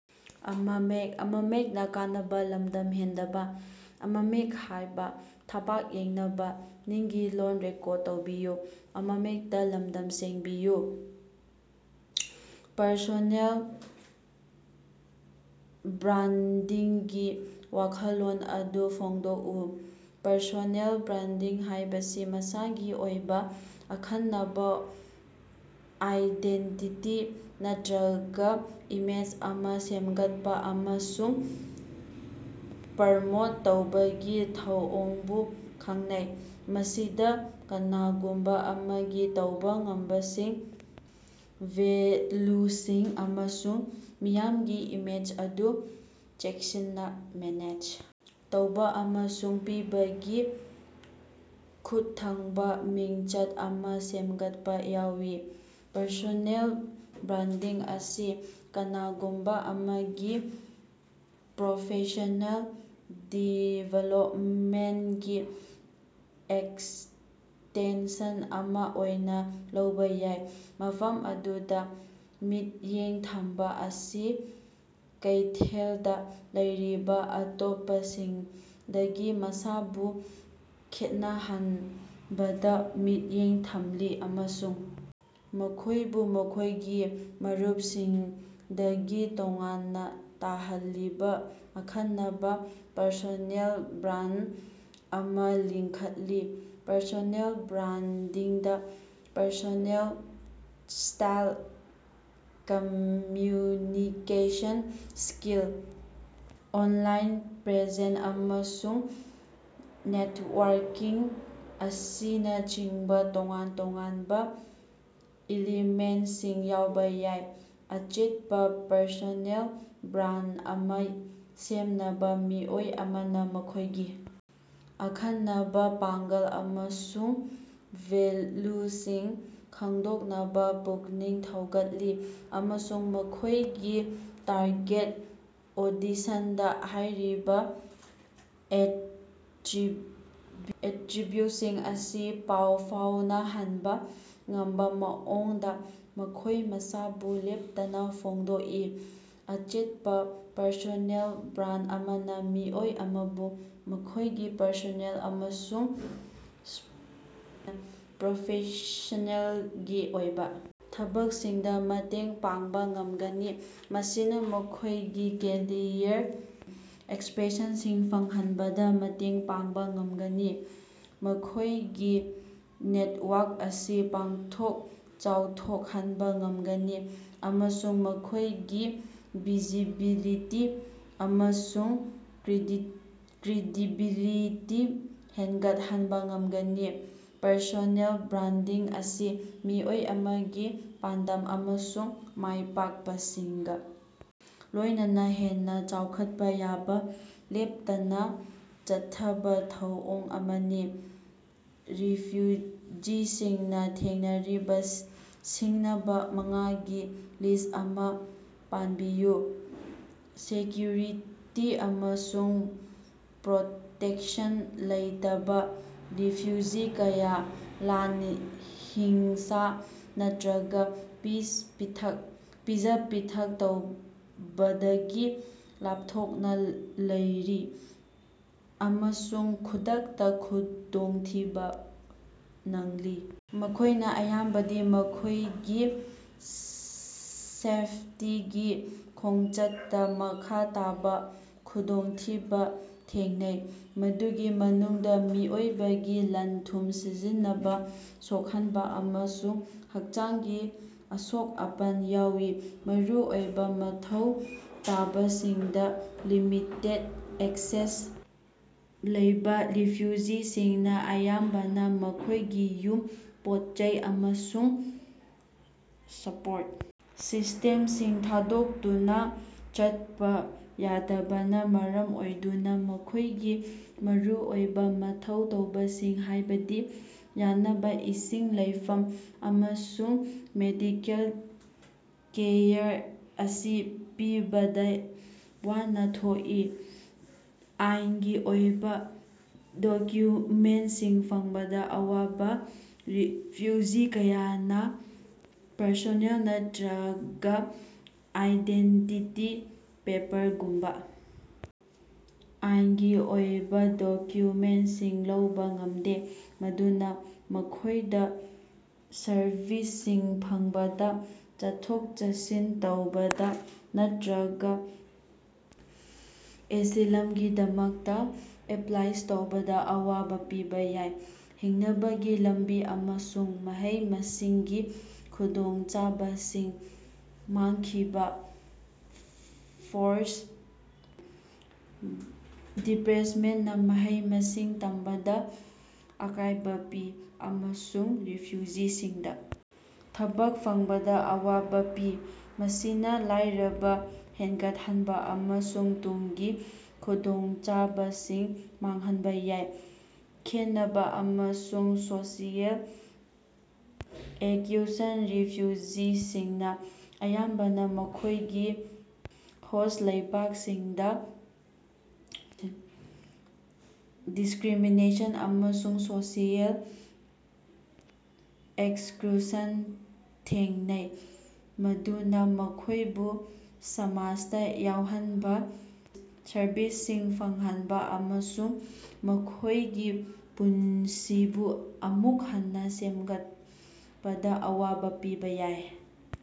Personal ꯕ꯭ꯔꯥꯟꯗꯤꯡꯒꯤ ꯋꯥꯈꯜꯂꯣꯟ ꯑꯗꯨ ꯐꯣꯡꯗꯣꯛꯎ꯫ ꯄꯔꯁꯣꯅꯦꯜ ꯕ꯭ꯔꯥꯟꯗꯤꯡ ꯍꯥꯏꯕꯁꯤ ꯃꯁꯥꯒꯤ ꯑꯣꯏꯕ ꯑꯈꯟꯅꯕ ꯑꯥꯏꯗꯦꯟꯇꯤꯇꯤ ꯅꯠꯇꯔꯒ ꯏꯃꯦꯖ ꯑꯃ ꯁꯦꯝꯒꯠꯄ ꯑꯃꯁꯨꯡ ꯄ꯭ꯔꯃꯣꯠ ꯇꯧꯕꯒꯤ ꯊꯧꯑꯣꯡꯕꯨ ꯈꯪꯅꯩ꯫ ꯃꯁꯤꯗ ꯀꯅꯥꯒꯨꯝꯕ ꯑꯃꯒꯤ ꯇꯧꯕ ꯉꯝꯕꯁꯤꯡ, ꯚꯦꯂ꯭ꯌꯨꯁꯤꯡ ꯑꯃꯁꯨꯡ ꯃꯤꯌꯥꯝꯒꯤ ꯏꯃꯦꯖ ꯑꯗꯨ ꯆꯦꯛꯁꯤꯟꯅ ꯃꯦꯅꯦꯖ ꯇꯧꯕ ꯑꯃꯁꯨꯡ ꯄꯤꯕꯒꯤ ꯈꯨꯠꯊꯥꯡꯗ ꯃꯤꯡꯆꯠ ꯑꯃ ꯁꯦꯝꯒꯠꯄ ꯌꯥꯎꯏ꯫ ꯄꯔꯁꯣꯅꯦꯜ ꯕ꯭ꯔꯥꯟꯗꯤꯡ ꯑꯁꯤ ꯀꯅꯥꯒꯨꯝꯕ ꯑꯃꯒꯤ ꯄ꯭ꯔꯣꯐꯦꯁ꯭ꯅꯦꯜ ꯗꯤꯕꯦꯂꯞꯃꯦꯟꯇꯀꯤ ꯑꯦꯛꯁꯇꯦꯟꯁꯟ ꯑꯃ ꯑꯣꯏꯅ ꯂꯧꯕ ꯌꯥꯏ, ꯃꯐꯝ ꯑꯗꯨꯗ ꯃꯤꯠꯌꯦꯡ ꯊꯝꯕ ꯑꯁꯤ ꯀꯩꯊꯦꯜꯗ ꯂꯩꯔꯤꯕ ꯑꯇꯣꯞꯄꯁꯤꯡꯗꯒꯤ ꯃꯁꯥꯕꯨ ꯈꯦꯠꯅꯍꯟꯕꯗ ꯃꯤꯠꯌꯦꯡ ꯊꯝꯂꯤ, ꯑꯃꯁꯨꯡ ꯃꯈꯣꯏꯕꯨ ꯃꯈꯣꯏꯒꯤ ꯃꯔꯨꯞꯁꯤꯡꯗꯒꯤ ꯇꯣꯉꯥꯟꯅ ꯇꯥꯍꯜꯂꯤꯕ ꯑꯈꯟꯅꯕ ꯄꯔꯁꯣꯅꯦꯜ ꯕ꯭ꯔꯥꯟꯗ ꯑꯃ ꯂꯤꯡꯈꯠꯂꯤ꯫ ꯄꯔꯁꯣꯅꯦꯜ ꯕ꯭ꯔꯥꯟꯗꯤꯡꯗ personal style, communication skill, online presence, ꯑꯃꯁꯨꯡ ꯅꯦꯠꯋꯥꯔꯀꯤꯡ ꯑꯁꯤꯅꯆꯤꯡꯕ ꯇꯣꯉꯥꯟ-ꯇꯣꯉꯥꯟꯕ ꯏꯂꯤꯃꯦꯟꯇꯁꯤꯡ ꯌꯥꯎꯕ ꯌꯥꯏ꯫ ꯑꯆꯦꯠꯄ ꯄꯔꯁꯣꯅꯦꯜ ꯕ꯭ꯔꯥꯟꯗ ꯑꯃ ꯁꯦꯝꯅꯕ, ꯃꯤꯑꯣꯏ ꯑꯃꯅ ꯃꯈꯣꯏꯒꯤ ꯑꯈꯟꯅꯕ ꯄꯥꯡꯒꯜ ꯑꯃꯁꯨꯡ ꯚꯦꯂ꯭ꯌꯨꯁꯤꯡ ꯈꯪꯗꯣꯛꯅꯕ ꯄꯨꯛꯅꯤꯡ ꯊꯧꯒꯠꯂꯤ, ꯑꯃꯁꯨꯡ ꯃꯈꯣꯏꯒꯤ ꯇꯥꯔꯒꯦꯠ ꯑꯣꯗꯤꯁꯟꯗꯥ ꯍꯥꯏꯔꯤꯕ‌ ꯑꯦꯇꯔꯤꯕ꯭ꯌꯨꯠꯁꯤꯡ ꯑꯁꯤ ꯄꯥꯎ ꯐꯥꯎꯅꯍꯟꯕ ꯉꯝꯕ ꯃꯑꯣꯡꯗ ꯃꯈꯣꯏ ꯃꯁꯥꯕꯨ ꯂꯦꯞꯇꯅ ꯐꯣꯡꯗꯣꯛꯏ꯫ ꯑꯆꯦꯠꯄ ꯄꯔꯁꯣꯅꯦꯜ ꯕ꯭ꯔꯥꯟꯗ ꯑꯃꯅ ꯃꯤꯑꯣꯏ ꯑꯃꯕꯨ ꯃꯈꯣꯏꯒꯤ ꯄꯔꯁꯣꯅꯦꯜ ꯑꯃꯁꯨꯡ ꯄ꯭ꯔꯣꯐꯦꯁ꯭ꯅꯦꯜꯒꯤ ꯑꯣꯏꯕ ꯊꯕꯛꯁꯤꯡꯗ ꯃꯇꯦꯡ ꯄꯥꯡꯕ ꯉꯝꯒꯅꯤ꯫ ꯃꯁꯤꯅ ꯃꯈꯣꯏꯒꯤ ꯀꯦꯔꯤꯌꯔ ꯑꯦꯁ꯭ꯄꯤꯔꯦꯁꯟꯁꯤꯡ ꯐꯪꯍꯟꯕꯗ ꯃꯇꯦꯡ ꯄꯥꯡꯕ ꯉꯝꯒꯅꯤ, ꯃꯈꯣꯏꯒꯤ ꯅꯦꯟꯋꯔꯛ ꯑꯁꯤ ꯄꯥꯛꯊꯣꯛ ꯆꯥꯎꯊꯣꯛꯍꯟꯕ ꯉꯝꯒꯅꯤ ꯑꯃꯁꯨꯡ ꯃꯈꯣꯏꯒꯤ ꯚꯤꯖꯤꯕꯤꯂꯤꯇꯤ ꯑꯃꯁꯨꯡ ꯀ꯭ꯔꯦꯗꯤꯕꯤꯂꯤꯇꯤ ꯍꯦꯟꯒꯠꯍꯟꯕ ꯉꯝꯒꯅꯤ꯫ ꯄꯔꯁꯣꯅꯦꯜ ꯕ꯭ꯔꯥꯟꯗꯤꯡ ꯑꯁꯤ ꯃꯤꯑꯣꯏ ꯑꯃꯒꯤ ꯄꯥꯟꯗꯝ ꯑꯃꯁꯨꯡ ꯃꯥꯏꯄꯥꯛꯄꯁꯤꯡꯒ ꯂꯣꯏꯅꯅꯥ ꯍꯦꯟꯅ ꯆꯥꯎꯈꯠꯄ ꯌꯥꯕ ꯂꯦꯞꯇꯅꯥ ꯆꯠꯊꯕꯥ ꯊꯧꯑꯣꯡ ꯑꯃꯅꯤ꯫ ꯔꯤꯐ꯭ꯌꯨꯖꯤꯁꯤꯡꯅ ꯊꯦꯡꯅꯔꯤꯕ ꯁꯤꯡꯅꯕꯥ ꯃꯉꯥꯒꯤ ꯂꯤꯁ꯭ꯠ ꯑꯃ ꯄꯟꯕꯤꯌꯨ꯫ ꯁꯦꯀ꯭ꯌꯨꯔꯤꯇꯤ ꯑꯃꯁꯨꯡ ꯄ꯭ꯔꯣꯇꯦꯛꯁꯟ ꯂꯩꯇꯕꯥ - ꯔꯤꯐ꯭ꯌꯨꯖꯤ ꯀꯌꯥ ꯂꯥꯟ, ꯍꯤꯡꯁꯥ ꯅꯠꯇꯔꯒ ꯄꯤꯖ-ꯄꯤꯊꯛ ꯇꯧꯕꯗꯒꯤ ꯂꯥꯞꯊꯣꯛꯅ ꯂꯩꯔꯤ ꯑꯃꯁꯨꯡ ꯈꯨꯗꯛꯇ ꯈꯨꯗꯣꯡꯊꯤꯕ ꯅꯪꯂꯤ꯫ ꯃꯈꯣꯏꯅ ꯑꯌꯥꯝꯕꯗꯤ ꯃꯈꯣꯏꯒꯤ ꯁꯦꯐꯇꯤꯒꯤ ꯈꯣꯡꯆꯠꯇ ꯃꯈꯥ ꯇꯥꯕ ꯈꯨꯗꯣꯡꯊꯤꯕ ꯊꯦꯡꯅꯩ, ꯃꯗꯨꯒꯤ ꯃꯅꯨꯡꯗ ꯃꯤꯑꯣꯏꯕꯒꯤ ꯂꯟ-ꯊꯨꯝ ꯁꯤꯖꯤꯟꯅꯕꯥ, ꯁꯣꯛꯍꯟꯕ, ꯑꯃꯁꯨꯡ ꯍꯛꯆꯥꯡꯒꯤ ꯑꯁꯣꯛ-ꯑꯄꯟ ꯌꯥꯎꯏ꯫ ꯃꯔꯨꯑꯣꯏꯕ ꯃꯊꯧ ꯇꯥꯕꯁꯤꯡꯗ ꯂꯤꯃꯤꯇꯦꯗ ꯑꯦꯛꯁꯦꯁ ꯂꯩꯕ - ꯔꯤꯐ꯭ꯌꯨꯖꯤꯁꯤꯡꯅ ꯑꯌꯥꯝꯕꯅꯥ ꯃꯈꯣꯏꯒꯤ ꯌꯨꯝ, ꯄꯣꯠ-ꯆꯩ ꯑꯃꯁꯨꯡ ꯁꯄꯣꯔꯠ ꯁꯤꯁꯇꯦꯝꯁꯤꯡ ꯊꯥꯗꯣꯛꯇꯨꯅ ꯆꯠꯄ ꯌꯥꯗꯕꯅ ꯃꯔꯝ ꯑꯣꯏꯗꯨꯅ ꯃꯈꯣꯏꯒꯤ ꯃꯔꯨꯑꯣꯏꯕ ꯃꯊꯧ ꯇꯥꯕꯁꯤꯡ ꯍꯥꯏꯕꯗꯤ ꯆꯥꯅꯕꯥ, ꯏꯁꯤꯡ, ꯂꯩꯐꯝ, ꯑꯃꯁꯨꯡ ꯃꯦꯗꯤꯀꯦꯜ ꯀꯦꯌꯔ ꯑꯁꯤ ꯄꯤꯕꯗ ꯋꯥꯅ ꯊꯣꯛꯏ꯫ ꯑꯥꯏꯟꯒꯤ ꯑꯣꯏꯕ ꯗꯣꯀ꯭ꯌꯨꯃꯦꯟꯇꯁꯤꯡ ꯐꯪꯕꯗ ꯑꯋꯥꯕ - ꯔꯤꯐ꯭ꯌꯨꯖꯤ ꯀꯌꯥꯅ ꯄꯥꯁꯄꯣꯔꯠ ꯅꯠꯇꯔꯒ ꯑꯥꯏꯗꯦꯟꯇꯤꯇꯤ ꯄꯦꯄꯔꯒꯨꯝꯕ ꯑꯥꯏꯟꯒꯤ ꯑꯣꯏꯕ ꯗꯣꯀ꯭ꯌꯨꯃꯦꯟꯇꯁꯤꯡ ꯂꯧꯕ ꯉꯝꯗꯦ, ꯃꯗꯨꯅ ꯃꯈꯣꯏꯗꯥ ꯁꯔꯚꯤꯁꯁꯤꯡ ꯐꯪꯕꯗ, ꯆꯠꯊꯣꯛ-ꯆꯠꯁꯤꯟ ꯇꯧꯕꯗ ꯅꯠꯇꯔꯒ ꯑꯦꯁꯤꯂꯝꯒꯤꯗꯃꯛꯇ ꯑꯦꯄ꯭ꯂꯥꯏ ꯇꯧꯕꯗ ꯑꯋꯥꯕ ꯄꯤꯕ ꯌꯥꯏ꯫ ꯍꯤꯡꯅꯕꯒꯤ ꯂꯝꯕꯤ ꯑꯃꯁꯨꯡ ꯃꯍꯩ-ꯃꯁꯤꯡꯒꯤ ꯈꯨꯗꯣꯡꯆꯥꯕꯁꯤꯡ ꯃꯥꯡꯈꯤꯕ - ꯐꯣꯔꯁ ꯗꯤꯁꯄ꯭ꯂꯦꯁꯃꯦꯟꯇꯅꯥ ꯃꯍꯩ-ꯃꯁꯤꯡ ꯇꯝꯕꯗ ꯑꯀꯥꯏꯕ ꯄꯤ ꯑꯃꯁꯨꯡ ꯔꯤꯐ꯭ꯌꯨꯖꯤꯁꯤꯡꯗ ꯊꯕꯛ ꯐꯪꯕꯗ ꯑꯋꯥꯕ ꯄꯤ, ꯃꯁꯤꯅ ꯂꯥꯏꯔꯕꯥ ꯍꯦꯟꯒꯠꯍꯟꯕ ꯑꯃꯁꯨꯡ ꯇꯨꯡꯒꯤ ꯈꯨꯗꯣꯡꯆꯥꯕꯁꯤꯡ ꯃꯥꯡꯍꯟꯕ ꯌꯥꯏ꯫ ꯈꯦꯟꯅꯕ ꯑꯃꯁꯨꯡ ꯁꯣꯁꯤꯑꯦꯜ ꯑꯦꯛꯁꯀ꯭ꯂꯨꯁꯟ - ꯔꯤꯐ꯭ꯌꯨꯖꯤꯁꯤꯡꯅ ꯑꯌꯥꯝꯕꯅ ꯃꯈꯣꯏꯒꯤ ꯍꯣꯁ꯭ꯠ ꯂꯩꯕꯥꯛꯁꯤꯡꯗ ꯗꯤꯁꯀ꯭ꯔꯤꯃꯤꯅꯦꯁꯟ ꯑꯃꯁꯨꯡ ꯁꯣꯁꯤꯑꯦꯜ ꯑꯦꯛꯁꯀ꯭ꯂꯨꯁꯟ ꯊꯦꯡꯅꯩ, ꯃꯗꯨꯅ ꯃꯈꯣꯏꯕꯨ ꯁꯃꯥꯖꯗ ꯌꯥꯎꯍꯟꯕ, ꯁꯔꯚꯤꯁꯁꯤꯡ ꯐꯪꯍꯟꯕ ꯑꯃꯁꯨꯡ ꯃꯈꯣꯏꯒꯤ ꯄꯨꯟꯁꯤꯕꯨ ꯑꯃꯨꯛ ꯍꯟꯅ ꯁꯦꯝꯒꯠꯄꯗ ꯑꯋꯥꯕ ꯄꯤꯕ ꯌꯥꯏ꯫